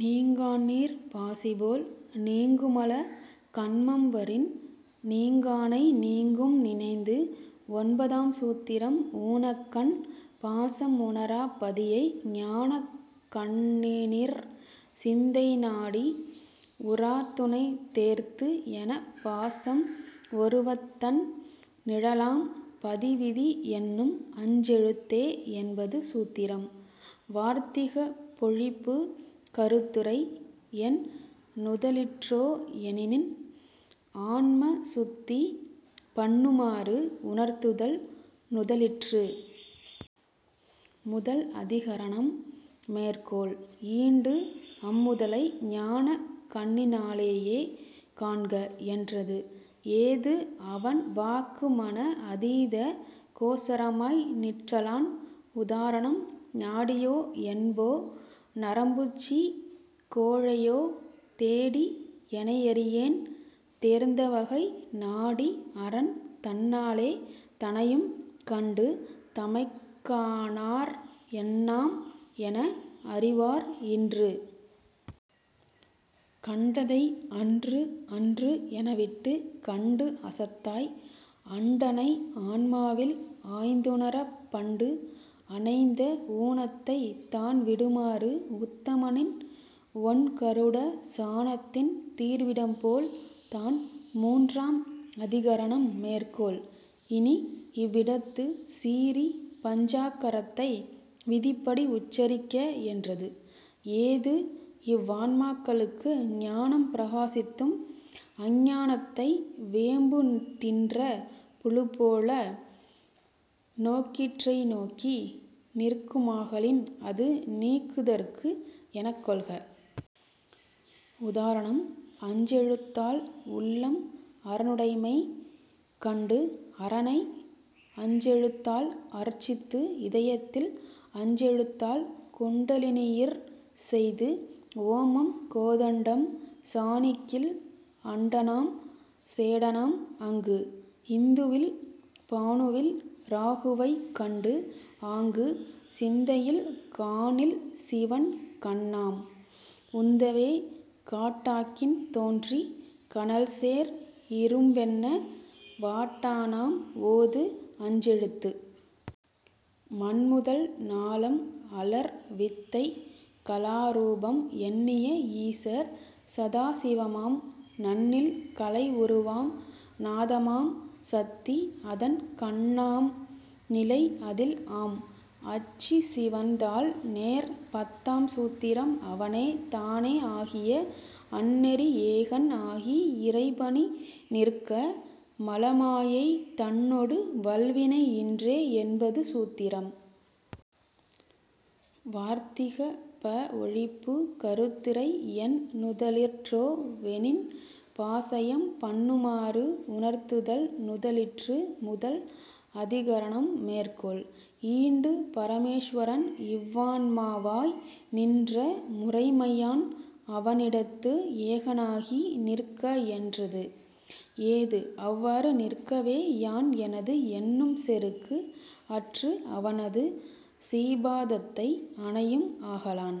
நீங்கான்நீர்ப் பாசிபோல் நீங்குமல கன்மம்வரின் நீங்கானை நீங்கும் நினைந்து. ஒன்பதாம் சூத்திரம் ஊனக்கண் பாசம் உணராப் பதியை ஞானக் கண்ணினிற் சிந்தை நாடி உராத்துனைத் தேர்த்து எனப் பாசம் ஒருவத் தண் நிழலாம் பதிவிதி எண்ணும் அஞ் செழுத்தே என்பது சூத்திரம் வார்த்திகப் பொழிப்பு கருத்துரை: என் நுதலிற்றோ எனின், ஆன்மசுத்தி பண்ணுமாறு உணர்த்துதல் நுதலிற்று. முதல் அதிகரணம் மேற்கோள்: ஈண்டு, அம்முதலை ஞானக் கண்ணினாலேயே காண்க என்றது. ஏது: அவன் வாக்கு மன அதீத கோசரமாய் நிற்றலான். உதாரணம்: நாடியோ என்போ நரம்புசீக் கோழையோ தேடி எனையறியேன் தேர்ந்தவகை -- நாடி அரன் தன்னாலே தனையும் கண்டு தமைக்காணார் என்னாம் என அறிவார் இன்று. கண்டதை அன்று அன்று எனவிட்டுக் கண்டு அசத்தாய் அண்டனை ஆன்மாவில் ஆய்ந்துணரப் -- பண்டு அணைந்த ஊனத்தை தான்விடுமாறு உத்தமனின் ஒண்கருட சானத்தின் தீர்விடம்போல் தான்.. மூன்றாம் அதிகரணம் மேற்கோள்: இனி, இவ்விடத்து சிறீ£ பஞ்சாக்கரத்தை விதிப்படி உச்சரிக்க என்றது. ஏது: இவ்வான்மாக்களுக்கு ஞானம் பிரகாசித்தும் அஞ்ஞானத்தை வேம்பு தின்ற புழுப்போல நோக்கிற்றைநோக்கி நிற்குமாகலின் அது நீக்குதற்கு எனக் கொள்க. உதாரணம்: அஞ்செழுத்தால் உள்ளம் அரனுடைமை கண்டு அரனை அஞ்செழுத்தால் அர்ச்சித்து இதயத்தில் -- அஞ்செழுத்தால் குண்டலினியிற் செய்து ஓமம் கோதண்டம் சானிக்கில் அண்டனாம் சேடனாம் அங்கு. இந்துவில் பானுவில் இராகுவைக் கண்டுஆங்குச் சிந்தையில் காணில் சிவன் கண்ணாம் -- உந்தவே காட்டாக்கின் தோன்றி கனல்சேர் இரும்பென்ன வாட்டானாம் ஓது அஞ்செழுத்து. மண்முதல் நாளம் அலர் வித்தை கலாரூபம் எண்ணிய ஈசர் சதாசிவமாம் -- நண்ணில் கலை உருவாம் நாதமாம் சத்தி அதன் கண்ணாம் நிலைஅதில் ஆம் அச்சிவன்தாள், நேர். பத்தாம் சூத்திரம் அவனே தானே ஆகிய அந்நெறி ஏகன் ஆகி இறைபணி நிற்க மலமாயை தன்னொடு வல்வினை இன்றே என்பது சூத்திரம். வார்த்திகப் பஒழிப்பு கருத்துரை: என் நுதலிற்றோ வெனின், பாசயம் பண்ணுமாறு உணர்த்துதல் நுதலிற்று.: முதல் அதிகரணம் மேற்கோள்: ஈண்டுப் பரமேசுவரன் இவ்வான்மாவாய் நின்ற முறைமையான் அவனிடத்து ஏகனாகி நிற்கஎன்றது. ஏது: அவ்வாறு நிற்கவே யான் எனது என்னும் செருக்கு அற்று அவனது சீபாதத்தை அணையும் ஆகலான்.